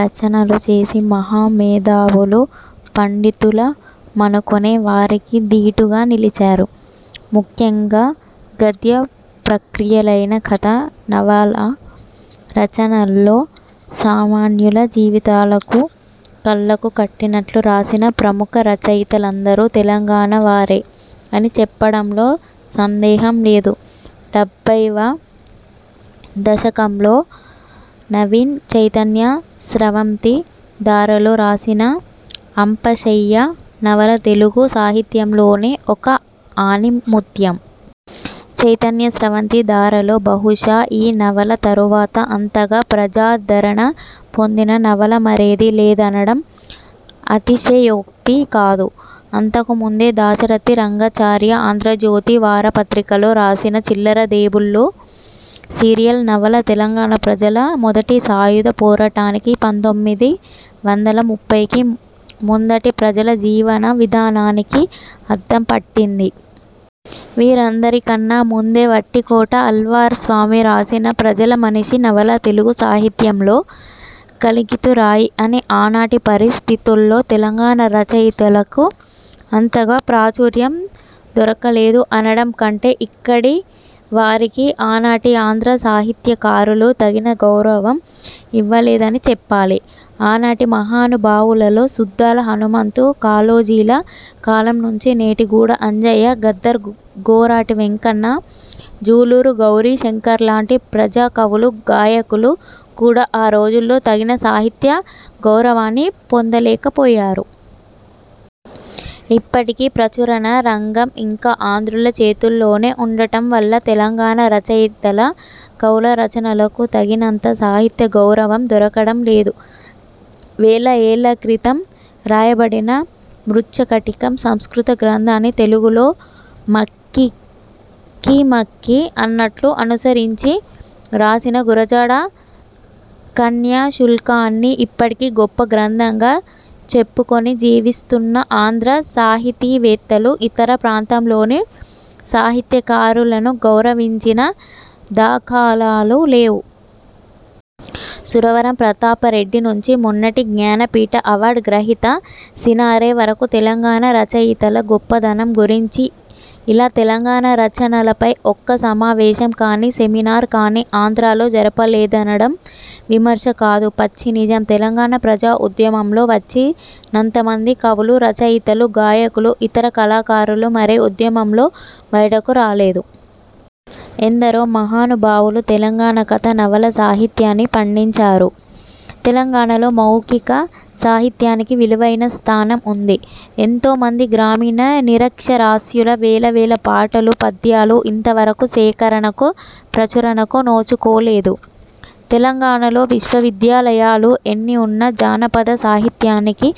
రచనలు చేసి మహా మేధావులు, పండితులమనుకొనే వారికి దీటుగా నిలిచారు. ముఖ్యంగా గద్య ప్రక్రియలైన కథ, నవలా రచనల్లో సామాన్యుల జీవితాలను కళ్ళకు కట్టినట్లు రాసిన ప్రముఖ రచయితలందరూ తెలంగాణవారే అని చెప్పడంలో సందేహం లేదు. డెబ్బైవ దశకంలో నవీన్ చైతన్య స్రవంతి ధారలో రాసిన 'అంపశయ్య' నవల తెలుగు సాహిత్యంలోనే ఒక ఆణిముత్యం. చైతన్యస్రవంతి ధారలో బహుశా ఈ నవల తరువాత అంతగా ప్రజాదరణ పొందిన నవల మరేదీ లేదనడం అతిశయోక్తి కాదు. అంతకుముందే దాశరథి రంగాచార్య ఆంధ్రజ్యోతి వారపత్రికలో రాసిన 'చిల్లరదేవుళ్ళు' సీరియల్ నవల తెలంగాణ ప్రజల మొదటి సాయుధ పోరాటానికీ, పంతొమ్మిది వందల ముప్పైకి ముందటి ప్రజల జీవన విధానానికీ అద్దంపట్టింది. వీరందరికన్నా ముందే వట్టికోట ఆళ్వార్స్వామి రాసిన 'ప్రజలమనిషి' నవల తెలుగు సాహిత్యంలో కలికితురాయి. కాని ఆనాటి పరిస్థితుల్లో తెలంగాణ రచయితలకు అంతగా ప్రాచుర్యం దొరకలేదు అనడం కంటే, ఇక్కడివారికి ఆనాటి ఆంధ్ర సాహిత్యకారులు తగిన గౌరవం ఇవ్వలేదని చెప్పాలి. ఆనాటి మహానుభావులలో సుద్దాల హనుమంతు, కాళోజీల కాలం నుంచి నేటి గూడ అంజయ్య, గద్దర్, గోరటి వెంకన్న, జూలూరు గౌరీశంకర్లాంటి ప్రజా కవులు, గాయకులు కూడా ఆ రోజుల్లో తగిన సాహిత్య గౌరవాన్ని పొందలేకపోయారు. ఇప్పటికీ ప్రచురణ రంగం ఇంకా ఆంధ్రుల చేతుల్లోనే ఉండటం వల్ల తెలంగాణ రచయితల, కవుల రచనలకు తగినంత సాహిత్య గౌరవం దొరకడం లేదు. వేల ఏళ్ళ క్రితం రాయబడిన 'మృచ్చకటికం' సంస్కృత గ్రంథాన్ని తెలుగులో మక్కికిమక్కి అన్నట్లు అనుసరించి రాసిన గురజాడ కన్యాశుల్కాన్ని ఇప్పటికి గొప్ప గ్రంథంగా చెప్పుకొని జీవిస్తున్న ఆంధ్ర సాహితీవేత్తలు, ఇతర ప్రాంతంలోని సాహిత్యకారులను గౌరవించిన దాఖలాలు లేవు. సురవరం ప్రతాపరెడ్డి నుంచి మొన్నటి జ్ఞానపీఠ అవార్డ్ గ్రహిత సినారె వరకు తెలంగాణ రచయితల గొప్పదనం గురించి ఇలా తెలంగాణ రచనలపై ఒక్క సమావేశం కాని, సెమినార్ కాని ఆంధ్రలో జరపలేదనడం విమర్శ కాదు, పచ్చి నిజం. తెలంగాణ ప్రజాఉద్యమంలో వచ్చినంతమంది కవులు, రచయితలు, గాయకులు, ఇతర కళాకారులు మరే ఉద్యమంలో బయటకు రాలేదు. ఎందరో మహానుభావులు తెలంగాణ కథ, నవల సాహిత్యాన్ని పండించారు. తెలంగాణలో మౌఖిక సాహిత్యానికి విలువైన స్థానం ఉంది. ఎంతోమంది గ్రామీణ నిరక్షరాస్యుల వేల వేల పాటలు, పద్యాలు ఇంతవరకు సేకరణకు, ప్రచురణకు నోచుకోలేదు. తెలంగాణలో విశ్వవిద్యాలయాలు ఎన్ని ఉన్నా జానపద సాహిత్యానికి,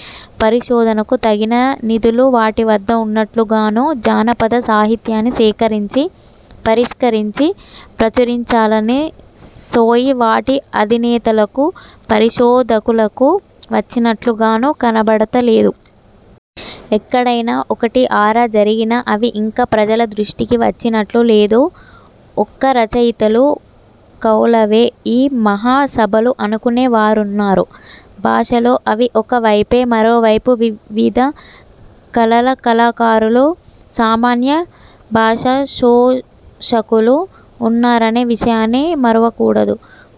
పరిశోధనకు తగిన నిధులు వాటివద్ద ఉన్నట్లుగానూ, జానపద సాహిత్యాన్ని సేకరించి, పరిష్కరించి, ప్రచురించాలనే సోయి వాటి అధినేతలకూ, పరిశోధకులకు వచ్చినట్లుగానూ కనబడతలేదు. ఎక్కడైనా ఒకటీ అరా జరిగినా, అవి ఇంకా ప్రజల దృష్టికి వచ్చినట్లు లేదు. ఒక్క రచయితలూ, కవులవే ఈ మహా సభలు అనుకొనే వారున్నారు. భాషలో అవి ఒక వైపే. మరో వైపు వివిధ కళల కళాకారులు, సామాన్య భాషాపోషకులు ఉన్నారనే విషయాన్ని మరువకూడదు.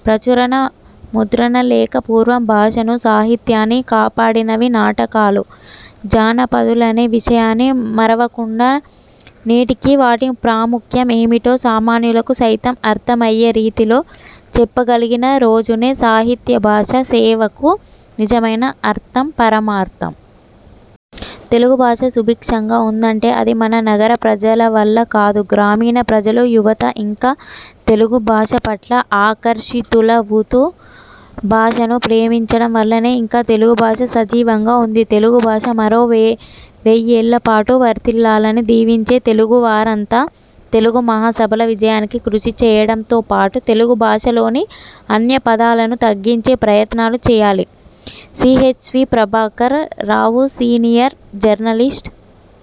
ప్రచురణ, ముద్రణ లేక పూర్వం భాషనూ, సాహిత్యాన్నీ కాపాడినవి నాటకాలు, జనపదులనే విషయాన్ని మరువకుండా, నేటికీ వాటి ప్రాముఖ్యం ఏమిటో సామాన్యులకు సైతం అర్థం అయ్యే రీతిలో చెప్పగలిగిన రోజునే సాహిత్య, భాషా సేవకు నిజమైన అర్థం పరమార్థం. తెలుగు భాష సుభిక్షంగా ఉందంటే అది మన నగర ప్రజలవల్ల కాదు. గ్రామీణ ప్రజలు, యువత ఇంకా తెలుగు భాషపట్ల ఆకర్షితులవుతూ, భాషను ప్రేమించడం వల్లనే ఇంకా తెలుగు భాష సజీవంగా ఉంది. తెలుగు భాష మరో వెయ్యేళ్ళపాటు వర్ధిల్లాలని దీవించే తెలుగువారంతా తెలుగు మహాసభల విజయానికి కృషి చేయడంతో పాటు, తెలుగు భాషలోని అన్య పదాలను తగ్గించే ప్రయత్నాలు చేయాలి. CHV Prabhakar Rao senior journalist